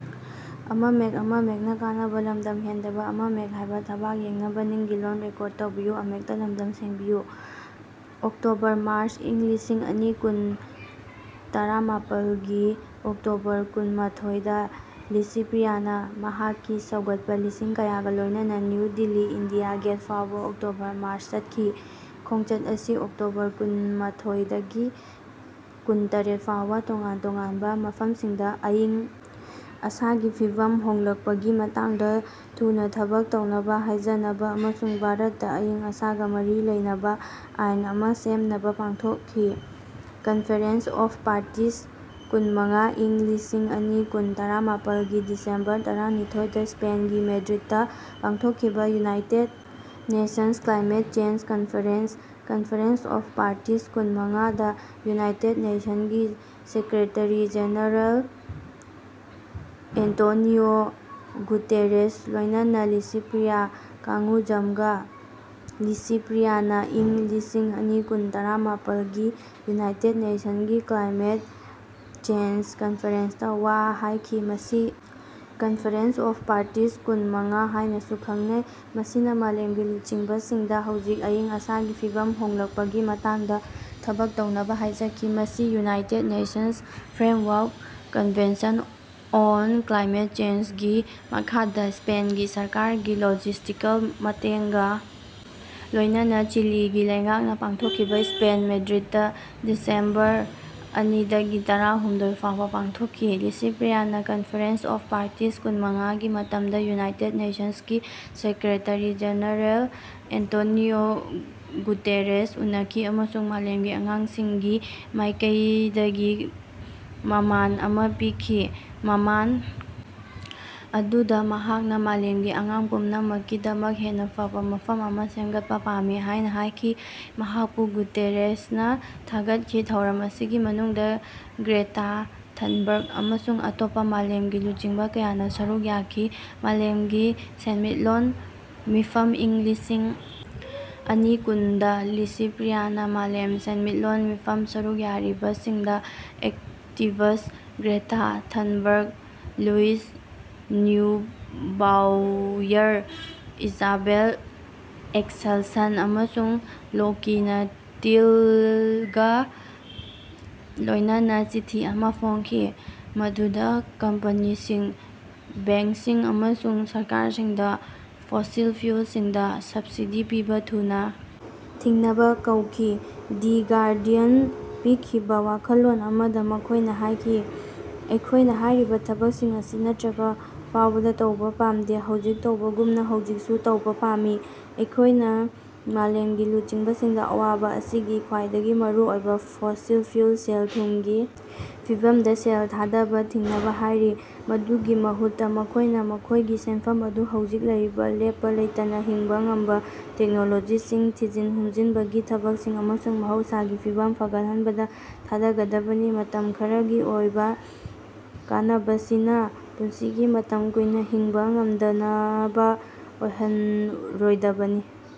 October March ꯏꯪ ꯂꯤꯁꯤꯡ ꯑꯅꯤ ꯀꯨꯟ ꯇꯔꯥꯃꯥꯄꯜꯒꯤ ꯑꯣꯛꯇꯣꯕꯔ ꯀꯨꯟꯃꯊꯣꯏꯗ ꯂꯤꯁꯤꯄ꯭ꯔꯤꯌꯥꯅ ꯃꯍꯥꯛꯀꯤ ꯁꯧꯒꯠꯄ ꯂꯤꯁꯤꯡ ꯀꯌꯥꯒ ꯂꯣꯏꯅꯅ ꯅ꯭ꯌꯨ ꯗꯤꯜꯂꯤ ꯏꯟꯗꯤꯌꯥ ꯒꯦꯠ ꯐꯥꯎꯕ ꯑꯣꯛꯇꯣꯕꯔ ꯃꯥꯔꯆ ꯍꯧꯈꯤ꯫ ꯈꯣꯡꯆꯠ ꯑꯁꯤ ꯑꯣꯛꯇꯣꯕꯔ ꯀꯨꯟꯃꯊꯣꯏꯗꯒꯤ ꯀꯨꯟꯇꯔꯦꯠ ꯐꯥꯎꯕ ꯇꯣꯉꯥꯟ ꯇꯣꯉꯥꯟꯕ ꯃꯐꯝꯁꯤꯡꯗ ꯑꯏꯪ ꯑꯁꯥꯒꯤ ꯐꯤꯚꯝ ꯍꯣꯡꯂꯛꯄꯒꯤ ꯃꯇꯥꯡꯗ ꯊꯨꯅ ꯊꯕꯛ ꯇꯧꯅꯕ ꯍꯥꯏꯖꯅꯕ ꯑꯃꯁꯨꯡ ꯚꯥꯔꯠꯇ ꯑꯏꯪ ꯑꯁꯥꯒ ꯃꯔꯤ ꯂꯩꯅꯕ ꯑꯥꯏꯟ ꯑꯃ ꯁꯦꯝꯅꯕ ꯄꯥꯡꯊꯣꯛꯈꯤ꯫ ꯀꯟꯐꯦꯔꯦꯟꯁ ꯑꯣꯐ ꯄꯥꯔꯇꯤꯁ ꯀꯨꯟꯃꯉꯥ ꯏꯪ ꯂꯤꯁꯤꯡ ꯑꯅꯤ ꯀꯨꯟ ꯇꯔꯥꯃꯥꯄꯜꯒꯤ ꯗꯤꯁꯦꯝꯕꯔ ꯇꯔꯥꯅꯤꯊꯣꯏꯗ ꯁ꯭ꯄꯦꯟꯒꯤ ꯃꯦꯗ꯭ꯔꯤꯗꯇ ꯄꯥꯡꯊꯣꯛꯈꯤꯕ United Nations climate change conference (conference of parties ꯀꯨꯟꯃꯉꯥ) ꯗꯥ ꯌꯨꯅꯥꯏꯇꯦꯗ ꯅꯦꯁꯟ ꯒꯤ ꯁꯦꯀ꯭ꯔꯦꯇꯔꯤ ꯖꯦꯅꯔꯦꯜ ꯑꯦꯟꯇꯣꯅꯤꯑꯣ ꯒꯨꯇꯦꯔꯦꯁ ꯂꯣꯏꯅꯅ ꯂꯤꯁꯤꯄ꯭ꯔꯤꯌꯥ ꯀꯡꯒꯨꯖꯥꯝ ꯂꯤꯁꯤꯄ꯭ꯔꯤꯌꯥꯅ ꯏꯪ ꯂꯤꯁꯤꯡ ꯑꯅꯤ ꯀꯨꯟ ꯇꯔꯥꯃꯥꯄꯜꯒꯤ ꯌꯨꯅꯥꯏꯇꯦꯗ ꯅꯦꯁꯟꯒꯤ ꯀ꯭ꯂꯥꯏꯃꯦꯠ ꯆꯦꯟꯖ ꯀꯟꯐꯔꯦꯟꯁꯇꯥ ꯋꯥ ꯍꯥꯏꯈꯤ ꯃꯁꯤ ꯀꯟꯐꯦꯔꯦꯟꯁ ꯑꯣꯐ ꯄꯥꯔꯇꯤꯁ ꯀꯨꯟ ꯃꯉꯥ ꯍꯥꯏꯅꯁꯨ ꯈꯪꯅꯩ, ꯃꯁꯤꯅ ꯃꯥꯂꯦꯝꯒꯤ ꯂꯨꯆꯤꯡꯕꯁꯤꯡꯗ ꯍꯧꯖꯤꯛ ꯑꯏꯪ ꯑꯁꯥꯒꯤ ꯐꯤꯚꯝ ꯍꯣꯡꯂꯛꯄꯒꯤ ꯃꯇꯥꯡꯗ ꯊꯕꯛ ꯇꯧꯅꯕ ꯍꯥꯏꯖꯈꯤ꯫ ꯃꯁꯤ (United Nations framework convention on climate change) ꯒꯤ ꯃꯈꯥꯗ ꯁ꯭ꯄꯦꯟꯒꯤ ꯁꯔꯀꯥꯔꯒꯤ ꯂꯣꯖꯤꯁ꯭ꯇꯤꯀꯦꯜ ꯃꯇꯦꯡꯒ ꯂꯣꯏꯅꯅ ꯆꯤꯂꯤꯒꯤ ꯂꯩꯉꯥꯛꯅ ꯄꯥꯡꯊꯣꯛꯈꯤꯕ ꯁ꯭ꯄꯦꯟ ꯃꯦꯗ꯭ꯔꯤꯗꯇ ꯗꯤꯁꯦꯝꯕꯔ ꯑꯅꯤꯗꯒꯤ ꯇꯔꯥꯍꯨꯝꯗꯣꯏ ꯐꯥꯎꯕ ꯄꯥꯡꯊꯣꯛꯈꯤ꯫ ꯂꯤꯁꯤꯄ꯭ꯔꯤꯌꯥꯅ ꯀꯟꯐꯔꯦꯟꯁ ꯑꯣꯐ ꯄꯥꯔꯇꯤꯁ ꯀꯨꯟꯃꯉꯥ ꯒꯤ ꯃꯇꯝꯗ ꯌꯨꯅꯥꯏꯇꯦꯗ ꯅꯦꯁꯟꯁ ꯒꯤ ꯁꯦꯀ꯭ꯔꯦꯇꯔꯤ-ꯖꯦꯅꯔꯦꯜ ꯑꯦꯟꯇꯣꯅꯤꯑꯣ ꯒꯨꯇꯦꯔꯦꯁ ꯎꯅꯈꯤ ꯑꯃꯁꯨꯡ ꯃꯥꯂꯦꯝꯒꯤ ꯑꯉꯥꯡꯁꯤꯡꯒꯤ ꯃꯥꯏꯀꯩꯗꯒꯤ ꯃꯃꯥꯟ ꯑꯃ ꯄꯤꯈꯤ꯫ ꯃꯃꯥꯟ ꯑꯗꯨꯗ ꯃꯍꯥꯛꯅ ꯃꯥꯂꯦꯝꯒꯤ ꯑꯉꯥꯡ ꯄꯨꯝꯅꯃꯛꯀꯤꯗꯃꯛ ꯍꯦꯟꯅ ꯐꯕ ꯃꯐꯝ ꯑꯃ ꯁꯦꯝꯒꯠꯄ ꯄꯥꯝꯃꯤ ꯍꯥꯏꯅ ꯍꯥꯏꯈꯤ꯫ ꯃꯍꯥꯛꯄꯨ ꯒꯨꯇꯦꯔꯦꯁꯅ ꯊꯥꯒꯠꯈꯤ꯫ ꯊꯧꯔꯝ ꯑꯁꯤꯒꯤ ꯃꯅꯨꯡꯗ ꯒ꯭ꯔꯦꯇꯥ ꯊꯟꯕꯔ꯭ꯒ ꯑꯃꯁꯨꯡ ꯑꯇꯣꯞꯄ ꯃꯥꯂꯦꯝꯒꯤ ꯂꯨꯆꯤꯡꯕ ꯀꯌꯥꯅ ꯁꯔꯨꯛ ꯌꯥꯈꯤ꯫ ꯃꯥꯂꯦꯝꯒꯤ ꯁꯦꯟꯃꯤꯠꯂꯣꯟ ꯃꯤꯐꯝ ꯏꯪ ꯂꯤꯁꯤꯡ ꯑꯅꯤ ꯀꯨꯟ ꯗꯥ ꯂꯤꯁꯤꯄ꯭ꯔꯤꯌꯥꯅ ꯃꯥꯂꯦꯝ ꯁꯦꯟꯃꯤꯠꯂꯣꯟ ꯃꯤꯐꯝ ꯁꯔꯨꯛ ꯌꯥꯔꯤꯕꯁꯤꯡꯗ activists Greta Thunberg, Luisa Neubauer, Isabelle Axelsson, ꯑꯃꯁꯨꯡ ꯂꯣꯀꯤꯅꯥ ꯇꯤꯜꯒ ꯂꯣꯏꯅꯅꯥ ꯆꯤꯊꯤ ꯑꯃꯥ ꯐꯣꯡꯈꯤ, ꯃꯗꯨꯗ ꯀꯝꯄꯅꯤꯁꯤꯡ, ꯕꯦꯡꯛꯁꯤꯡ ꯑꯃꯁꯨꯡ ꯁꯔꯀꯥꯔꯁꯤꯡꯗ ꯐꯣꯁꯤꯜ ꯐ꯭ꯌꯨꯜꯁꯤꯡꯗ ꯁꯕꯁꯤꯗꯤ ꯄꯤꯕ ꯊꯨꯅ ꯊꯤꯡꯅꯕ ꯀꯧꯈꯤ꯫ ꯗꯤ ꯒꯥꯔꯗꯤꯌꯟ ꯄꯤꯈꯤꯕ ꯋꯥꯈꯜꯂꯣꯟ ꯑꯃꯗ ꯃꯈꯣꯏꯅ ꯍꯥꯏꯈꯤ ꯑꯩꯈꯣꯏꯅ ꯍꯥꯏꯔꯤꯕ ꯊꯕꯛꯁꯤꯡ ꯑꯁꯤ ꯅꯠꯇ꯭ꯔꯒ ꯐꯥꯎꯕꯗ ꯇꯧꯕ ꯄꯥꯝꯗꯦ ꯍꯧꯖꯤꯛ ꯇꯧꯕꯒꯨꯝꯅ ꯍꯧꯖꯤꯛꯁꯨ ꯇꯧꯕ ꯄꯥꯝꯃꯤ꯫ ꯑꯩꯈꯣꯏꯅ ꯃꯥꯂꯦꯝꯒꯤ ꯂꯨꯆꯤꯡꯕꯁꯤꯡꯗ ꯑꯋꯥꯕ ꯑꯁꯤꯒꯤ ꯈ꯭ꯋꯥꯏꯗꯒꯤ ꯃꯔꯨ ꯑꯣꯏꯕ ꯐꯣꯁꯤꯜ ꯐ꯭ꯌꯨꯜ ꯁꯦꯜ-ꯊꯨꯝꯒꯤ ꯐꯤꯕꯝꯗ ꯁꯦꯜ ꯊꯥꯗꯕ ꯊꯤꯡꯅꯕ ꯍꯥꯏꯔꯤ꯫ ꯃꯗꯨꯒꯤ ꯃꯍꯨꯠꯇ, ꯃꯈꯣꯏꯅ ꯃꯈꯣꯏꯒꯤ ꯁꯦꯟꯐꯝ ꯑꯗꯨ ꯍꯧꯖꯤꯛ ꯂꯩꯔꯤꯕ ꯂꯦꯞꯄ ꯂꯩꯇꯅ ꯍꯤꯡꯕ ꯉꯝꯕ ꯇꯦꯛꯅꯣꯂꯣꯖꯤꯁꯤꯡ, ꯊꯤꯖꯤꯟ-ꯍꯨꯝꯖꯤꯟꯕꯒꯤ ꯊꯕꯛꯁꯤꯡ ꯑꯃꯁꯨꯡ ꯃꯍꯧꯁꯥꯒꯤ ꯐꯤꯕꯝ ꯐꯒꯠꯍꯟꯕꯗ ꯊꯥꯗꯒꯗꯕꯅꯤ꯫ ꯃꯇꯝ ꯈꯔꯒꯤ ꯑꯣꯏꯕ ꯀꯥꯟꯅꯕꯁꯤꯅ ꯄꯨꯟꯁꯤꯒꯤ ꯃꯇꯝ ꯀꯨꯏꯅ ꯍꯤꯡꯕ ꯉꯝꯗꯅꯕ ꯑꯣꯏꯍꯟꯔꯣꯏꯗꯕꯅꯤ꯫